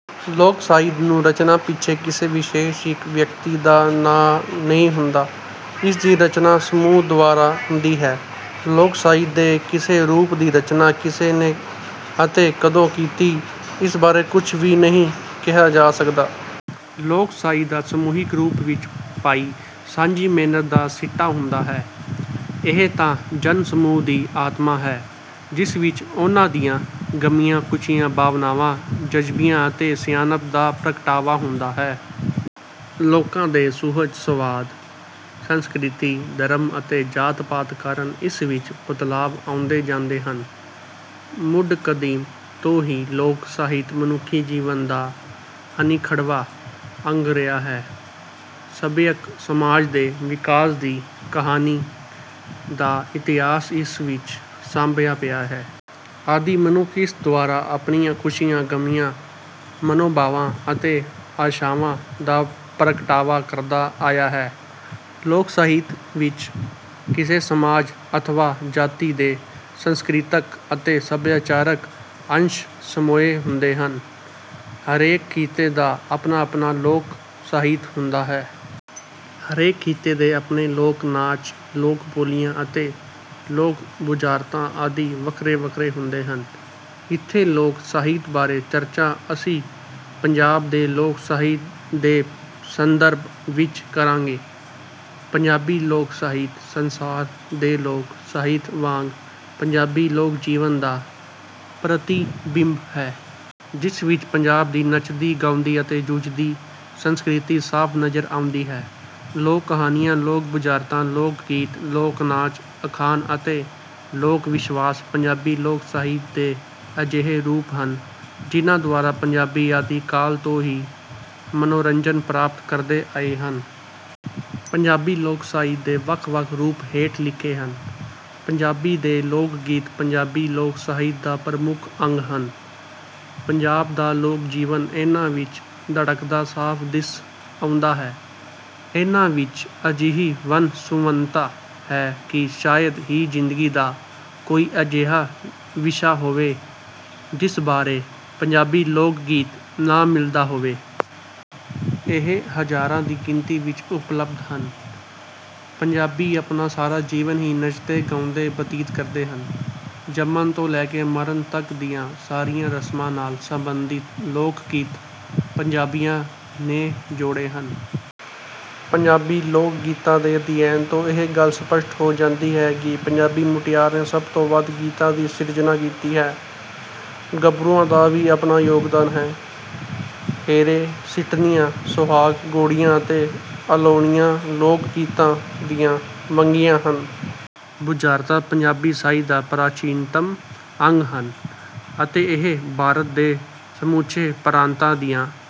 ਲੋਕ ਸਾਹਿਤ ਨੂੰ ਰਚਨਾ ਪਿੱਛੇ ਕਿਸੇ ਵਿਸ਼ੇਸ਼ ਇੱਕ ਵਿਅਕਤੀ ਦਾ ਨਾਂ ਨਹੀਂ ਹੁੰਦਾ। ਇਸ ਦੀ ਰਚਨਾ ਸਮੂਹ ਦੁਆਰਾ ਹੁੰਦੀ ਹੈ। ਲੋਕ ਸਾਹਿਤ ਦੇ ਕਿਸੇ ਰੂਪ ਦੀ ਰਚਨਾ ਕਿਸ ਨੇ ਅਤੇ ਕਦੋਂ ਕੀਤੀ, ਇਸ ਬਾਰੇ ਕੁਝ ਵੀ ਨਹੀਂ ਕਿਹਾ ਜਾ ਸਕਦਾ। ਲੋਕ ਸਾਹਿਤ ਤਾਂ ਸਮੂਹਿਕ ਰੂਪ ਵਿੱਚ ਪਾਈ ਸਾਂਝੀ ਮਿਹਨਤ ਦਾ ਸਿੱਟਾ ਹੁੰਦਾ ਹੈ। ਇਹ ਤਾਂ ਜਨ-ਸਮੂਹ ਦੀ ਆਤਮਾ ਹੈ, ਜਿਸ ਵਿੱਚ ਉਨ੍ਹਾਂ ਦੀਆਂ ਗਮੀਆਂ, ਖੁਸ਼ੀਆਂ, ਭਾਵਨਾਵਾਂ, ਜਜ਼ਬਿਆਂ ਅਤੇ ਸਿਆਣਪ ਦਾ ਪ੍ਰਗਟਾਵਾ ਹੁੰਦਾ ਹੈ। ਲੋਕਾਂ ਦੇ ਸੁਹਜ ਸਵਾਦ, ਸੰਸਕ੍ਰਿਤੀ, ਧਰਮ ਅਤੇ ਜਾਤ-ਪਾਤ ਕਾਰਨ ਇਸ ਵਿੱਚ ਬਦਲਾਵ ਆਉਂਦੇ ਜਾਂਦੇ ਹਨ। ਮੁੱਢ ਕਦੀਮ ਤੋਂ ਹੀ ਲੋਕ ਸਾਹਿਤ ਮਨੁੱਖੀ ਜੀਵਨ ਦਾ ਅਨਿੱਖੜਵਾਂ ਅੰਗ ਰਿਹਾ ਹੈ। ਸੱਭਿਅਕ ਸਮਾਜ ਦੇ ਵਿਕਾਸ ਦੀ ਕਹਾਣੀ ਦਾ ਇਤਿਹਾਸ ਇਸ ਵਿੱਚ ਸਾਂਭਿਆ ਪਿਆ ਹੈ। ਆਦਿ ਮਨੁੱਖ ਇਸ ਦੁਆਰਾ ਆਪਣੀਆਂ ਖੁਸ਼ੀਆਂ, ਗਮੀਆਂ, ਮਨੋਭਾਵਾਂ ਅਤੇ ਆਸ਼ਾਵਾਂ ਦਾ ਪ੍ਰਗਟਾਵਾ ਕਰਦਾ ਆਇਆ ਹੈ। ਲੋਕ ਸਾਹਿਤ ਵਿੱਚ ਕਿਸੇ ਸਮਾਜ ਅਥਵਾ ਜਾਤੀ ਦੇ ਸੰਸਕ੍ਰਿਤਕ ਅਤੇ ਸੱਭਿਆਚਾਰਕ ਅੰਸ਼ ਸਮੋਏ ਹੁੰਦੇ ਹਨ। ਹਰੇਕ ਖਿੱਤੇ ਦਾ ਆਪਣਾ-ਆਪਣਾ ਲੋਕ ਸਾਹਿਤ ਹੁੰਦਾ ਹੈ। ਹਰੇਕ ਖਿੱਤੇ ਦੇ ਆਪਣੇ ਲੋਕ ਨਾਚ, ਲੋਕ ਬੋਲੀਆਂ ਅਤੇ ਲੋਕ ਬੁਝਾਰਤਾਂ ਆਦਿ ਵੱਖਰੇ-ਵੱਖਰੇ ਹੁੰਦੇ ਹਨ। ਇੱਥੇ ਲੋਕ ਸਾਹਿਤ ਬਾਰੇ ਚਰਚਾ ਅਸੀਂ ਪੰਜਾਬ ਦੇ ਲੋਕ ਸਾਹਿਤ ਦੇ ਸੰਦਰਭ ਵਿੱਚ ਕਰਾਂਗੇ। ਪੰਜਾਬੀ ਲੋਕ ਸਾਹਿਤ, ਸੰਸਾਰ ਦੇ ਲੋਕ ਸਾਹਿਤ ਵਾਂਗ ਪੰਜਾਬੀ ਲੋਕ ਜੀਵਨ ਦਾ ਪ੍ਰਤੀਬਿੰਬ ਹੈ। ਜਿਸ ਵਿੱਚ ਪੰਜਾਬ ਦੀ ਨੱਚਦੀ, ਗਾਉਂਦੀ ਅਤੇ ਜੂਝਦੀ ਸੰਸਕ੍ਰਿਤੀ ਸਾਫ਼ ਨਜ਼ਰ ਆਉਂਦੀ ਹੈ। ਲੋਕ ਕਹਾਣੀਆਂ, ਲੋਕ ਬੁਝਾਰਤਾਂ, ਲੋਕ ਗੀਤ, ਲੋਕ ਨਾਚ, ਅਖਾਣ ਅਤੇ ਲੋਕ ਵਿਸ਼ਵਾਸ ਪੰਜਾਬੀ ਲੋਕ ਸਾਹਿਤ ਦੇ ਅਜਿਹੇ ਰੂਪ ਹਨ, ਜਿਨ੍ਹਾਂ ਦੁਆਰਾ ਪੰਜਾਬੀ ਆਦਿ ਕਾਲ ਤੋਂ ਹੀ ਮਨੋਰੰਜਨ ਪ੍ਰਾਪਤ ਕਰਦੇ ਆਏ ਹਨ। ਪੰਜਾਬੀ ਲੋਕ ਸਾਹਿਤ ਦੇ ਵੱਖ-ਵੱਖ ਰੂਪ ਹੇਠ ਲਿਖੇ ਹਨ। ਪੰਜਾਬੀ ਦੇ ਲੋਕ ਗੀਤ ਪੰਜਾਬੀ ਲੋਕ ਸਾਹਿਤ ਦਾ ਪ੍ਰਮੁੱਖ ਅੰਗ ਹਨ। ਪੰਜਾਬ ਦਾ ਲੋਕ ਜੀਵਨ ਇਹਨਾਂ ਵਿੱਚ ਧੜਕਦਾ ਸਾਫ਼ ਦਿਸ ਆਉਂਦਾ ਹੈ। ਇਹਨਾਂ ਵਿੱਚ ਅਜਿਹੀ ਵੰਨ-ਸੁਵੰਨਤਾ ਹੈ ਕਿ ਸ਼ਾਇਦ ਹੀ ਜ਼ਿੰਦਗੀ ਦਾ ਕੋਈ ਅਜਿਹਾ ਵਿਸ਼ਾ ਹੋਵੇ ਜਿਸ ਬਾਰੇ ਪੰਜਾਬੀ ਲੋਕ ਗੀਤ ਨਾ ਮਿਲਦਾ ਹੋਵੇ। ਇਹ ਹਜ਼ਾਰਾਂ ਦੀ ਗਿਣਤੀ ਵਿੱਚ ਉਪਲਬਧ ਹਨ। ਪੰਜਾਬੀ ਆਪਣਾ ਸਾਰਾ ਜੀਵਨ ਹੀ ਨੱਚਦੇ-ਗਾਉਂਦੇ ਬਤੀਤ ਕਰਦੇ ਹਨ। ਜੰਮਣ ਤੋਂ ਲੈ ਕੇ ਮਰਨ ਤੱਕ ਦੀਆਂ ਸਾਰੀਆਂ ਰਸਮਾਂ ਨਾਲ ਸੰਬੰਧਿਤ ਲੋਕ ਗੀਤ ਪੰਜਾਬੀਆਂ ਨੇ ਜੋੜੇ ਹਨ। ਪੰਜਾਬੀ ਲੋਕ ਗੀਤਾਂ ਦੇ ਅਧਿਐਨ ਤੋਂ ਇਹ ਗੱਲ ਸਪਸ਼ਟ ਹੋ ਜਾਂਦੀ ਹੈ ਕਿ ਪੰਜਾਬੀ ਮੁਟਿਆਰ ਨੇ ਸਭ ਤੋਂ ਵੱਧ ਗੀਤਾਂ ਦੀ ਸਿਰਜਣਾ ਕੀਤੀ ਹੈ। ਗੱਭਰੂਆਂ ਦਾ ਵੀ ਆਪਣਾ ਯੋਗਦਾਨ ਹੈ। ਹੇਰੇ, ਸਿੱਠਣੀਆਂ, ਸੁਹਾਗ, ਘੋੜੀਆਂ ਅਤੇ ਅਲੋ੍ਹਣੀਆਂ ਲੋਕ ਗੀਤਾਂ ਦੀਆਂ ਵੰਨਗੀਆਂ ਹਨ। ਬੁਝਾਰਤਾਂ ਪੰਜਾਬੀ ਸਾਹਿਤ ਦਾ ਪ੍ਰਾਚੀਨਤਮ ਅੰਗ ਹਨ, ਅਤੇ ਇਹ ਭਾਰਤ ਦੇ ਸਮੁੱਚੇ ਪ੍ਰਾਂਤਾਂ ਦੀਆਂ